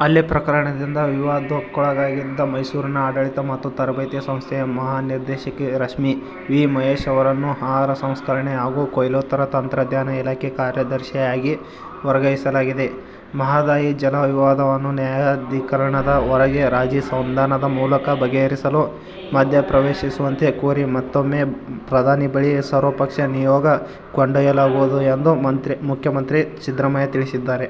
ಹಲ್ಲೆ ಪ್ರಕರಣದಿಂದ ವಿವಾದಕ್ಕೊಳಗಾಗಿದ್ದ ಮೈಸೂರಿನ ಆಡಳಿತ ಮತ್ತು ತರಬೇತಿ ಸಂಸ್ಥೆಯ ಮಹಾನಿರ್ದೇಶಕಿ ರಶ್ಮಿ ವಿ. ಮಹೇಶ್ ಅವರನ್ನು ಆಹಾರ ಸಂಸ್ಕರಣೆ ಹಾಗೂ ಕೊಯ್ಲೋತ್ತರ ತಂತ್ರಜ್ಞಾನ ಇಲಾಖೆ ಕಾರ್ಯದರ್ಶಿಯಾಗಿ ವರ್ಗಾಯಿಸಲಾಗಿದೆ. ಮಹದಾಯಿ ಜಲ ವಿವಾದವನ್ನು ನ್ಯಾಯಾಧಿಕರಣದ ಹೊರಗೆ ರಾಜಿ ಸಂಧಾನದ ಮೂಲಕ ಬಗೆಹರಿಸಲು ಮಧ್ಯಪ್ರವೇಶಿಸುವಂತೆ ಕೋರಿ ಮತ್ತೂಮ್ಮೆ ಪ್ರಧಾನಿ ಬಳಿ ಸರ್ವಪಕ್ಷ ನಿಯೋಗ ಕೊಂಡೊಯ್ಯಲಾಗುವುದು ಎಂದು ಮುಖ್ಯಮಂತ್ರಿ ಸಿದ್ದರಾಮಯ್ಯ ತಿಳಿಸಿದ್ದಾರೆ.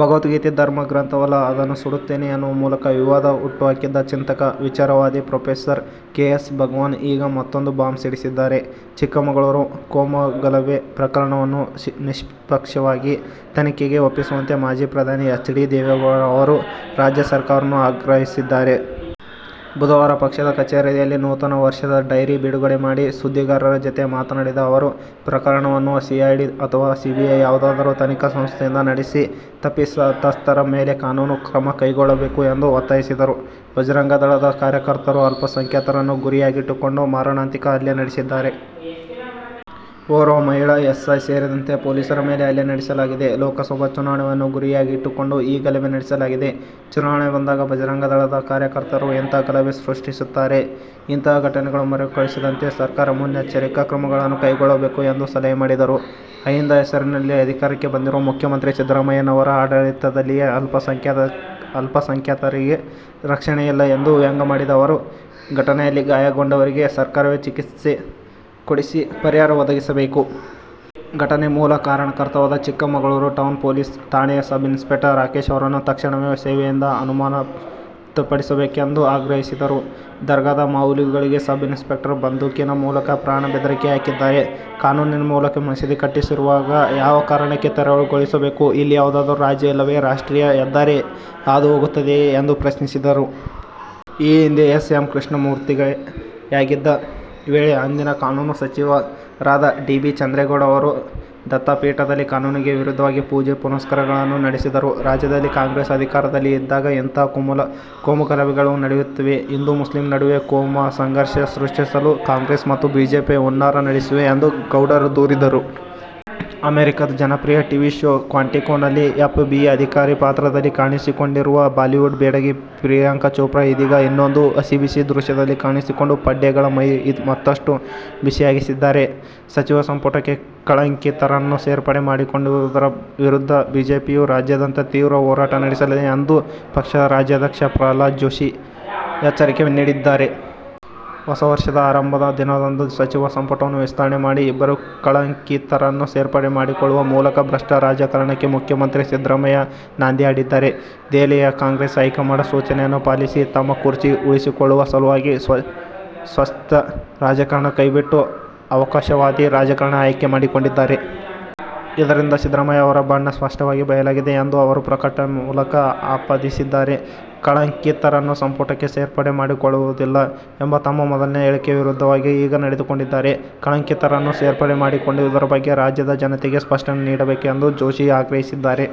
ಭಗವದ್ಗೀತೆ ಧರ್ಮ ಗ್ರಂಥವಲ್ಲ. ಅದನ್ನು ಸುಡುತ್ತೇನೆ ಎನ್ನುವ ಮೂಲಕ ವಿವಾದ ಹುಟ್ಟುಹಾಕಿದ್ದ ಚಿಂತಕ, ವಿಚಾರವಾದಿ ಪ್ರೊಫೆಸರ್. ಕೆ. ಎಸ್. ಭಗವಾನ್ ಈಗ ಮತ್ತೊಂದು ಬಾಂಬ್ ಸಿಡಿಸಿದ್ದಾರೆ. ಚಿಕ್ಕಮಗಳೂರು ಕೋಮುಗಲಭೆ ಪ್ರಕರಣವನ್ನು ನಿಷ್ಪಕ್ಷಪಾತ ತನಿಖೆಗೆ ಒಪ್ಪಿಸುವಂತೆ ಮಾಜಿ ಪ್ರಧಾನಿ ಎಚ್. ಡಿ. ದೇವೇಗೌಡ ಅವರು ರಾಜ್ಯ ಸರ್ಕಾರವನ್ನು ಆಗ್ರಹಿಸಿದ್ದಾರೆ. ಬುಧವಾರ ಪಕ್ಷದ ಕಚೇರಿಯಲ್ಲಿ ನೂತನ ವರ್ಷದ ಡೈರಿ ಬಿಡುಗಡೆ ಮಾಡಿ ಸುದ್ದಿಗಾರರ ಜತೆ ಮಾತನಾಡಿದ ಅವರು, ಪ್ರಕರಣವನ್ನು ಸಿಐಡಿ ಅಥವಾ ಸಿಬಿಐ ಯಾವುದಾದರೂ ತನಿಖಾ ಸಂಸ್ಥೆಯಿಂದ ನಡೆಸಿ ತಪ್ಪಿತಸ್ಥರ ಮೇಲೆ ಕಾನೂನು ಕ್ರಮ ಕೈಗೊಳ್ಳಬೇಕು ಎಂದು ಒತ್ತಾಯಿಸಿದರು. ಭಜರಂಗ ದಳದ ಕಾರ್ಯಕರ್ತರು, ಅಲ್ಪಸಂಖ್ಯಾತರನ್ನು ಗುರಿಯಾಗಿಟ್ಟುಕೊಂಡು ಮಾರಣಾಂತಿಕ ಹಲ್ಲೆ ನಡೆಸಿದ್ದಾರೆ. ಓರ್ವ ಮಹಿಳಾ ಎಸ್ಐ ಸೇರಿದಂತೆ ಪೊಲೀಸರ ಮೇಲೆ ಹಲ್ಲೆ ನಡೆಸಲಾಗಿದೆ. ಲೋಕಸಬಾ ಚುನಾವಣೆಯನ್ನು ಗುರಿಯಾಗಿಟ್ಟುಕೊಂಡು ಈ ಗಲಭೆ ನಡೆಸಲಾಗಿದೆ. ಚುನಾವಣೆ ಬಂದಾಗ ಭಜರಂಗ ದಳದ ಕಾರ್ಯಕರ್ತರು ಇಂತಹ ಗಲಭೆ ಸೃಷ್ಟಿಸುತ್ತಾರೆ. ಇಂತಹ ಘಟನೆಗಳು ಮರುಕಳಿಸಿದಂತೆ ಸರ್ಕಾರ ಮುನ್ನಚ್ಚರಿಕ ಕ್ರಮಗಳನ್ನು ಕೈಗೊಳ್ಳಬೇಕು ಎಂದು ಸಲಹೆ ಮಾಡಿದರು. ಅಹಿಂದ ಹೆಸರಿನಲ್ಲಿ ಅಧಿಕಾರಕ್ಕೆ ಬಂದಿರುವ ಮುಖ್ಯಮಂತ್ರಿ ಸಿದ್ದರಾಮಯ್ಯನವರ ಆಡಳಿತದಲ್ಲೇ ಅಲ್ಪಸಂಖ್ಯಾತರಿಗೆ ರಕ್ಷಣೆ ಇಲ್ಲ ಎಂದು ವ್ಯಂಗ್ಯವಾಡಿದ ಅವರು, ಘಟನೆಯಲ್ಲಿ ಗಾಯಗೊಂಡವರಿಗೆ ಸರ್ಕಾರವೇ ಚಿಕಿತ್ಸೆ ಕೊಡಿಸಿ ಪರಿಹಾರ ಒದಗಿಸಬೇಕು. ಘಟನೆಗೆ ಮೂಲ ಕಾರಣಕರ್ತರಾದ ಚಿಕ್ಕಮಗಳೂರು ಟೌನ್ ಪೊಲೀಸ್ ಠಾಣೆಯ ಸಬ್ ಇನ್ಸ್ಪೆಕ್ಟರ್ ರಾಕೇಶ್ ಅವರನ್ನು ತಕ್ಷಣವೇ ಸೇವೆಯಿಂದ ಅಮಾನತುಪಡಿಸಬೇಕೆಂದು ಆಗ್ರಹಿಸಿದರು. ದರ್ಗಾದ ಮೌಲ್ವಿಗಳಿಗೆ ಸಬ್ ಇನ್ಸ್ಪೆಕ್ಟರ್ ಬಂದೂಕಿನ ಮೂಲಕ ಪ್ರಾಣ ಬೆದರಿಕೆ ಹಾಕಿದ್ದಾರೆ. ಕಾನೂನಿನ ಮೂಲಕ ಮಸೀದಿ ಕಟ್ಟಿಸಿರುವಾಗ ಯಾವ ಕಾರಣಕ್ಕೆ ತೆರವುಗೊಳಿಸಬೇಕು. ಇಲ್ಲಿ ಯಾವುದಾದರೂ ರಾಜ್ಯ ಇಲ್ಲವೇ ರಾಷ್ಟ್ರೀಯ ಹೆದ್ದಾರಿ ಹಾದು ಹೋಗುತ್ತದೆಯೇ ಎಂದು ಪ್ರಶ್ನಿಸಿದರು. ಈ ಹಿಂದೆ ಎಸ್. ಎಂ ಕೃಷ್ಣ ಮುಖ್ಯಮಂತ್ರಿಯಾಗಿದ್ದ ವೇಳೆ ಅಂದಿನ ಕಾನೂನು ಸಚಿವರಾದ ಡಿ. ಬಿ. ಚಂದ್ರೇಗೌಡ ಅವರು, ದತ್ತಾಪೀಠದಲ್ಲಿ ಕಾನೂನಿಗೆ ವಿರುದ್ದವಾಗಿ ಪೂಜೆ ಪುನಸ್ಕರಗಳನ್ನು ನಡೆಸಿದರು. ರಾಜ್ಯದಲ್ಲಿ ಕಾಂಗ್ರೆಸ್ ಅಧಿಕಾರದಲ್ಲಿ ಇದ್ದಾಗ ಇಂತಹ ಕೋಮುಗಲಬೆಗಳು ನಡೆಯುತ್ತಿವೆ. ಹಿಂದೂ ಮುಸ್ಲಿಂ ನಡುವೆ ಕೋಮುಸಂಘರ್ಷ ಸೃಷ್ಟಿಸಲು ಕಾಂಗ್ರೆಸ್ ಮತ್ತು ಬಿಜೆಪಿ ಹುನ್ನಾರ ನಡೆಸಿವೆ ಎಂದು ಗೌಡರು ದೂರಿದರು. ಅಮೆರಿಕಾದ ಜನಪ್ರಿಯ ಟಿವಿ ಶೋ ಕ್ವಾಂಟಿಕೊ ನಲ್ಲಿ ಎಫ್. ಬಿ. ಐ ಅಧಿಕಾರಿ ಪಾತ್ರದಲ್ಲಿ ಕಾಣಿಸಿಕೊಂಡಿರುವ ಬಾಲಿವುಡ್ ಬೆಡಗಿ ಪ್ರಿಯಾಂಕಾ ಚೋಪ್ರಾ ಇದೀಗ ಇನ್ನೊಂದು ಹಸಿಬಿಸಿ ದೃಶ್ಯದಲ್ಲಿ ಕಾಣಿಸಿಕೊಂಡು ಪಡ್ಡೆಗಳ ಮೈ ಮತ್ತಷ್ಟು ಬಿಸಿಯಾಗಿಸಿದ್ದಾರೆ. ಸಚಿವ ಸಂಪುಟಕ್ಕೆ ಕಳಂಕಿತರನ್ನು ಸೇರ್ಪಡೆ ಮಾಡಿಕೊಂಡಿರುವುದರ ವಿರುದ್ಧ ಬಿಜೆಪಿಯು ರಾಜ್ಯಾದ್ಯಂತ ತೀವ್ರ ಹೋರಾಟ ನಡೆಸಲಿದೆ ಎಂದು ಪಕ್ಷದ ರಾಜ್ಯಾಧ್ಯಕ್ಷ ಪ್ರಹ್ಲಾದ್ ಜೋಶಿ ಎಚ್ಚರಿಕೆ ನೀಡಿದ್ದಾರೆ. ಹೊಸ ವರ್ಷದ ಆರಂಭದ ದಿನದಂದು ಸಚಿವ ಸಂಪುಟವನ್ನು ವಿಸ್ತರಣೆ ಮಾಡಿ ಇಬ್ಬರು ಕಳಂಕಿತರನ್ನು ಸೇರ್ಪಡೆ ಮಾಡಿಕೊಳ್ಳುವ ಮೂಲಕ ಭ್ರಷ್ಟ ರಾಜಕಾರಣಕ್ಕೆ ಮುಖ್ಯಮಂತ್ರಿ ಸಿದ್ದರಾಮಯ್ಯ ನಾಂದಿ ಹಾಡಿದ್ದಾರೆ. ದೆಹಲಿಯ ಕಾಂಗ್ರೆಸ್ ಹೈಕಮಾಂಡ್ ಸೂಚನೆಯನ್ನು ಪಾಲಿಸಿ ತಮ್ಮ ಕುರ್ಚಿ ಉಳಿಸಿಕೊಳ್ಳುವ ಸಲುವಾಗಿ ಸ್ವತ್ಛ ರಾಜಕಾರಣ ಕೈಬಿಟ್ಟು ಅವಕಾಶವಾದಿ ರಾಜಕಾರಣ ಆಯ್ಕೆ ಮಾಡಿಕೊಂಡಿದ್ದಾರೆ. ಇದರಿಂದ ಸಿದ್ದರಾಮಯ್ಯ ಅವರ ಬಣ್ಣ ಸ್ಪಷ್ಟವಾಗಿ ಬಯಲಾಗಿದೆ ಎಂದು ಅವರು ಪ್ರಕಟಣೆ ಮೂಲಕ ಆಪಾದಿಸಿದ್ದಾರೆ. ಕಳಂಕಿತರನ್ನು ಸಂಪುಟಕ್ಕೆ ಸೇರ್ಪಡೆ ಮಾಡಿಕೊಳ್ಳುವುದಿಲ್ಲ ಎಂಬ ತಮ್ಮ ಮೊದಲಿನ ಹೇಳಿಕೆಯ ವಿರುದ್ಧವಾಗಿ ಈಗ ನಡೆದುಕೊಂಡಿದ್ದಾರೆ. ಕಳಂಕಿತರನ್ನು ಸೇರ್ಪಡೆ ಮಾಡಿಕೊಂಡಿರುವುದರ ಬಗ್ಗೆ ರಾಜ್ಯದ ಜನತೆಗೆ ಸ್ಪಷ್ಟನೆ ನೀಡಬೇಕು ಎಂದೂ ಜೋಶಿ ಆಗ್ರಹಿಸಿದ್ದಾರೆ.